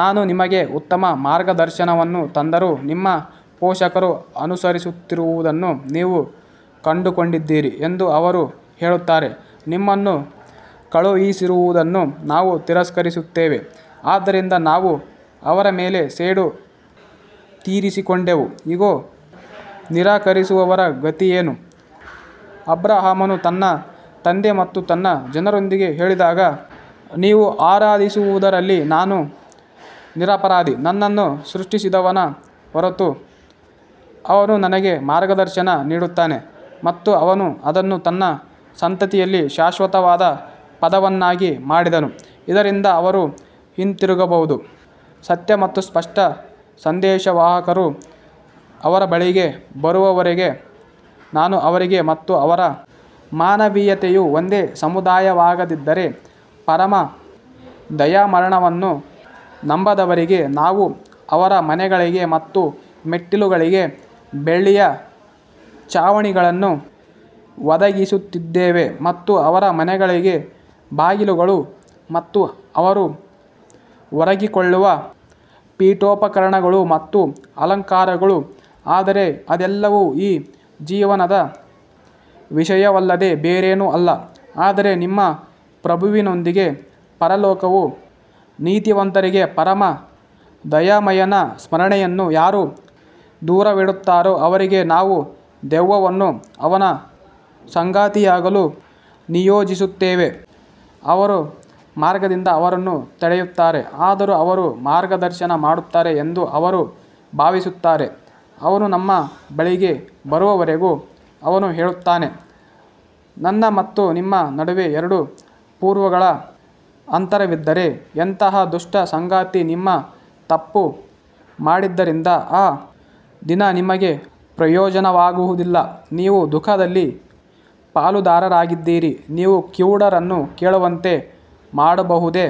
ನಾನು ನಿಮಗೆ ಉತ್ತಮ ಮಾರ್ಗದರ್ಶನವನ್ನು ತಂದರೂ, ನಿಮ್ಮ ಪೋಷಕರು ಅನುಸರಿಸುತ್ತಿರುವುದನ್ನು ನೀವು ಕಂಡುಕೊಂಡಿದ್ದೀರಿ ಎಂದು ಅವರು ಹೇಳುತ್ತಾರೆ, ನಿಮ್ಮನ್ನು ಕಳುಹಿಸಿರುವುದನ್ನು ನಾವು ತಿರಸ್ಕರಿಸುತ್ತೇವೆ. ಆದ್ದರಿಂದ ನಾವು ಅವರ ಮೇಲೆ ಸೇಡು ತೀರಿಸಿಕೊಂಡೆವು, ಇಗೋ, ನಿರಾಕರಿಸುವವರ ಗತಿಯೇನು ಅಬ್ರಹಾಮನು ತನ್ನ ತಂದೆ ಮತ್ತು ತನ್ನ ಜನರೊಂದಿಗೆ ಹೇಳಿದಾಗ ನೀವು ಆರಾಧಿಸುವುದರಲ್ಲಿ ನಾನು ನಿರಪರಾಧಿ ನನ್ನನ್ನು ಸೃಷ್ಟಿಸಿದವನ ಹೊರತು ಅವನು ನನಗೆ ಮಾರ್ಗದರ್ಶನ ನೀಡುತ್ತಾನೆ ಮತ್ತು ಅವನು ಅದನ್ನು ತನ್ನ ಸಂತತಿಯಲ್ಲಿ ಶಾಶ್ವತವಾದ ಪದವನ್ನಾಗಿ ಮಾಡಿದನು ಇದರಿಂದ ಅವರು ಹಿಂತಿರುಗಬಹುದು ಸತ್ಯ ಮತ್ತು ಸ್ಪಷ್ಟ ಸಂದೇಶವಾಹಕರು ಅವರ ಬಳಿಗೆ ಬರುವವರೆಗೆ ನಾನು ಅವರಿಗೆ ಮತ್ತು ಅವರ ಮಾನವೀಯತೆಯು ಒಂದೇ ಸಮುದಾಯವಾಗದಿದ್ದರೆ, ಪರಮ ದಯಾಮರಣವನ್ನು ನಂಬದವರಿಗೆ ನಾವು ಅವರ ಮನೆಗಳಿಗೆ ಮತ್ತು ಮೆಟ್ಟಿಲುಗಳಿಗೆ ಬೆಳ್ಳಿಯ ಛಾವಣಿಗಳನ್ನು ಒದಗಿಸುತ್ತಿದ್ದೆವು. ಮತ್ತು ಅವರ ಮನೆಗಳಿಗೆ ಬಾಗಿಲುಗಳು ಮತ್ತು ಅವರು ಒರಗಿಕೊಳ್ಳುವ ಪೀಠೋಪಕರಣಗಳು ಮತ್ತು ಅಲಂಕಾರಗಳು ಆದರೆ ಅದೆಲ್ಲವೂ ಈ ಜೀವನದ ವಿಷಯವಲ್ಲದೆ ಬೇರೇನೂ ಅಲ್ಲ ಆದರೆ ನಿಮ್ಮ ಪ್ರಭುವಿನೊಂದಿಗೆ ಪರಲೋಕವು ನೀತಿವಂತರಿಗೆ ಪರಮ ದಯಾಮಯನ ಸ್ಮರಣೆಯನ್ನು ಯಾರು ದೂರವಿಡುತ್ತಾರೋ ಅವರಿಗೆ ನಾವು ದೆವ್ವವನ್ನು ಅವನ ಸಂಗಾತಿಯಾಗಲು ನಿಯೋಜಿಸುತ್ತೇವೆ. ಅವರು ಮಾರ್ಗದಿಂದ ಅವರನ್ನು ತಡೆಯುತ್ತಾರೆ, ಆದರೂ ಅವರು ಮಾರ್ಗದರ್ಶನ ಮಾಡುತ್ತಾರೆ ಎಂದು ಅವರು ಭಾವಿಸುತ್ತಾರೆ ಅವನು ನಮ್ಮ ಬಳಿಗೆ ಬರುವವರೆಗೂ ಅವನು ಹೇಳುತ್ತಾನೆ ನನ್ನ ಮತ್ತು ನಿಮ್ಮ ನಡುವೆ ಎರಡು ಪೂರ್ವಗಳ ಅಂತರವಿದ್ದರೆ ಎಂತಹ ದುಷ್ಟ ಸಂಗಾತಿ ನೀವು ತಪ್ಪು ಮಾಡಿದ್ದರಿಂದ ಆ ದಿನ ನಿಮಗೆ ಪ್ರಯೋಜನವಾಗುವುದಿಲ್ಲ, ನೀವು ದುಃಖದಲ್ಲಿ ಪಾಲುದಾರರಾಗಿದ್ದೀರಿ ನೀವು ಕಿವುಡರನ್ನು ಕೇಳುವಂತೆ ಮಾಡಬಹುದೇ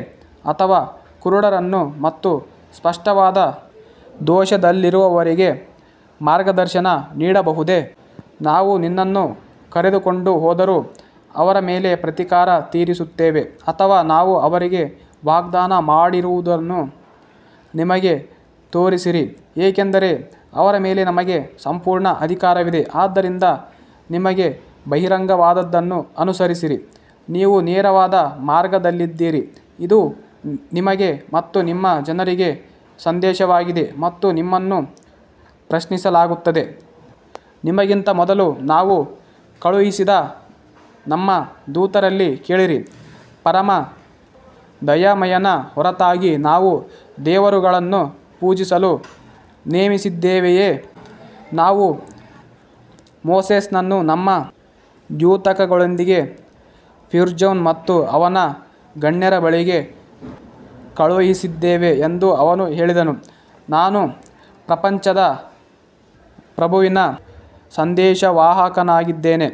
ಅಥವಾ ಕುರುಡರನ್ನು ಮತ್ತು ಸ್ಪಷ್ಟವಾದ ದೋಷದಲ್ಲಿರುವವರಿಗೆ ಮಾರ್ಗದರ್ಶನ ನೀಡಬಹುದೇ? ನಾವು ನಿನ್ನನ್ನು ಕರೆದುಕೊಂಡು ಹೋದರೂ ಅವರ ಮೇಲೆ ಪ್ರತೀಕಾರ ತೀರಿಸುತ್ತೇವೆ ಅಥವಾ ನಾವು ಅವರಿಗೆ ವಾಗ್ದಾನ ಮಾಡಿರುವುದನ್ನು ನಿಮಗೆ ತೋರಿಸಿರಿ ಏಕೆಂದರೆ ಅವರ ಮೇಲೆ ನಮಗೆ ಸಂಪೂರ್ಣ ಅಧಿಕಾರವಿದೆ ಆದ್ದರಿಂದ ನಿಮಗೆ ಬಹಿರಂಗವಾದದ್ದನ್ನು ಅನುಸರಿಸಿ, ನೀವು ನೇರವಾದ ಮಾರ್ಗದಲ್ಲಿದ್ದೀರಿ ಇದು ನಿಮಗೆ ಮತ್ತು ನಿಮ್ಮ ಜನರಿಗೆ ಸಂದೇಶವಾಗಿದೆ ಮತ್ತು ನಿಮ್ಮನ್ನು ಪ್ರಶ್ನಿಸಲಾಗುತ್ತದೆ ನಿಮಗಿಂತ ಮೊದಲು ನಾವು ಕಳುಹಿಸಿದ ನಮ್ಮ ದೂತರಲ್ಲಿ ಕೇಳಿರಿ, ಪರಮ ದಯಾಮಯನ ಹೊರತಾಗಿ ನಾವು ದೇವರುಗಳನ್ನು ಪೂಜಿಸಲು ನೇಮಿಸಿದ್ದೇವೆಯೇ? ನಾವು ಮೋಸೆಸ್ನನ್ನು ನಮ್ಮ ದ್ಯೋತಕಗಳೊಂದಿಗೆ ಫಿರ್ಔನ್ ಮತ್ತು ಅವನ ಗಣ್ಯರ ಬಳಿಗೆ ಕಳುಹಿಸಿದ್ದೇವೆ ಎಂದು ಅವನು ಹೇಳಿದನು, ನಾನು ಪ್ರಪಂಚದ ಪ್ರಭುವಿನ ಸಂದೇಶವಾಹಕನಾಗಿದ್ದೇನೆ.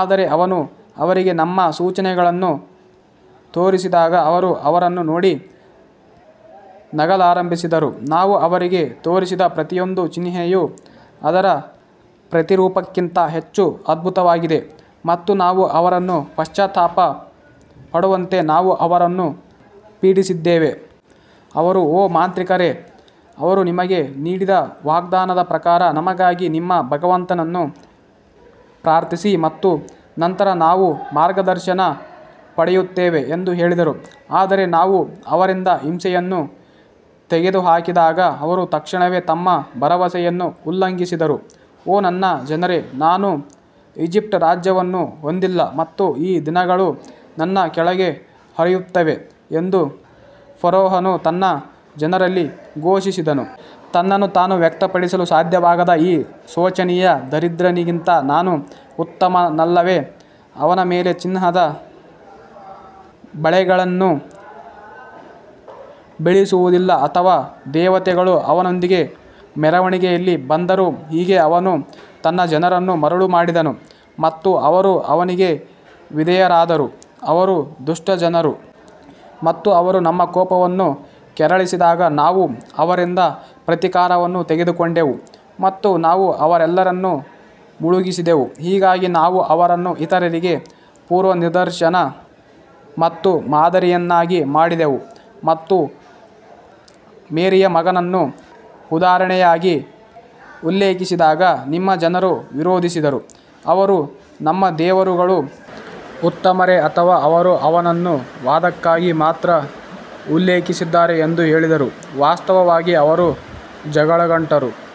ಆದರೆ ಅವನು ಅವರಿಗೆ ನಮ್ಮ ಸೂಚನೆಗಳನ್ನು ತೋರಿಸಿದಾಗ ಅವರು ಅವರನ್ನು ನೋಡಿ ನಗಲಾರಂಭಿಸಿದರು ನಾವು ಅವರಿಗೆ ತೋರಿಸಿದ ಪ್ರತಿಯೊಂದು ಚಿಹ್ನೆಯು ಅದರ ಪ್ರತಿರೂಪಕ್ಕಿಂತ ಹೆಚ್ಚು ಅದ್ಭುತವಾಗಿದೆ ಮತ್ತು ನಾವು ಅವರನ್ನು ಪಶ್ಚಾತ್ತಾಪ ಪಡುವಂತೆ ನಾವು ಅವರನ್ನು ಪೀಡಿಸಿದ್ದೇವೆ. ಅವರು ಓ ಮಾಂತ್ರಿಕರೇ, ಅವರು ನಿಮಗೆ ನೀಡಿದ ವಾಗ್ದಾನದ ಪ್ರಕಾರ ನಮಗಾಗಿ ನಿಮ್ಮ ಭಗವಂತನನ್ನು ಪ್ರಾರ್ಥಿಸಿ ಮತ್ತು ನಂತರ ನಾವು ಮಾರ್ಗದರ್ಶನ ಪಡೆಯುತ್ತೇವೆ ಎಂದು ಹೇಳಿದರು. ಆದರೆ ನಾವು ಅವರಿಂದ ಹಿಂಸೆಯನ್ನು ತೆಗೆದುಹಾಕಿದಾಗ ಅವರು ತಕ್ಷಣವೇ ತಮ್ಮ ಭರವಸೆಯನ್ನು ಉಲ್ಲಂಘಿಸಿದರು ಓ ನನ್ನ ಜನರೇ ನಾನು ಈಜಿಪ್ಟ್ ರಾಜ್ಯವನ್ನು ಹೊಂದಿಲ್ಲ ಮತ್ತು ಈ ನದಿಗಳು ನನ್ನ ಕೆಳಗೆ ಹರಿಯುತ್ತವೆ ಎಂದು ಫರೋಹನು ತನ್ನ ಜನರಲ್ಲಿ ಘೋಷಿಸಿದನು. ತನ್ನನ್ನು ತಾನು ವ್ಯಕ್ತಪಡಿಸಲು ಸಾಧ್ಯವಾಗದ ಈ ಶೋಚನೀಯ ದರಿದ್ರನಿಗಿಂತ ನಾನು ಉತ್ತಮನಲ್ಲವೇ? ಅವನ ಮೇಲೆ ಚಿನ್ನದ ಬಳೆಗಳನ್ನು ಏಕೆ ಬೀಳಿಸುವುದಿಲ್ಲ ಅಥವಾ ದೇವತೆಗಳು ಅವನೊಂದಿಗೆ ಮೆರವಣಿಗೆಯಲ್ಲಿ ಬಂದರು ಹೀಗೆ ಅವನು ತನ್ನ ಜನರನ್ನು ಮರುಳು ಮಾಡಿದನು ಮತ್ತು ಅವರು ಅವನಿಗೆ ವಿಧೇಯರಾದರು ಅವರು ದುಷ್ಟ ಜನರು ಮತ್ತು ಅವರು ನಮ್ಮ ಕೋಪವನ್ನು ಕೆರಳಿಸಿದಾಗ ನಾವು ಅವರಿಂದ ಪ್ರತೀಕಾರವನ್ನು ತೆಗೆದುಕೊಂಡೆವು ಮತ್ತು ನಾವು ಅವರೆಲ್ಲರನ್ನು ಮುಳುಗಿಸಿದೆವು ಹೀಗಾಗಿ ನಾವು ಅವರನ್ನು ಇತರರಿಗೆ ಪೂರ್ವನಿದರ್ಶನ ಮತ್ತು ಮಾದರಿಯನ್ನಾಗಿ ಮಾಡಿದೆವು ಮತ್ತು ಮೇರಿಯ ಮಗನನ್ನು ಉದಾಹರಣೆಯಾಗಿ ಉಲ್ಲೇಖಿಸಿದಾಗ ನಿಮ್ಮ ಜನರು ವಿರೋಧಿಸಿದರು ಅವರು ನಮ್ಮ ದೇವರುಗಳು ಉತ್ತಮರೇ ಅಥವಾ ಅವರು ಅವನನ್ನು ವಾದಕ್ಕಾಗಿ ಮಾತ್ರ ಉಲ್ಲೇಖಿಸಿದ್ದಾರೆ ಎಂದು ಹೇಳಿದರು, ವಾಸ್ತವವಾಗಿ ಅವರು ಜಗಳಗಂಟರು.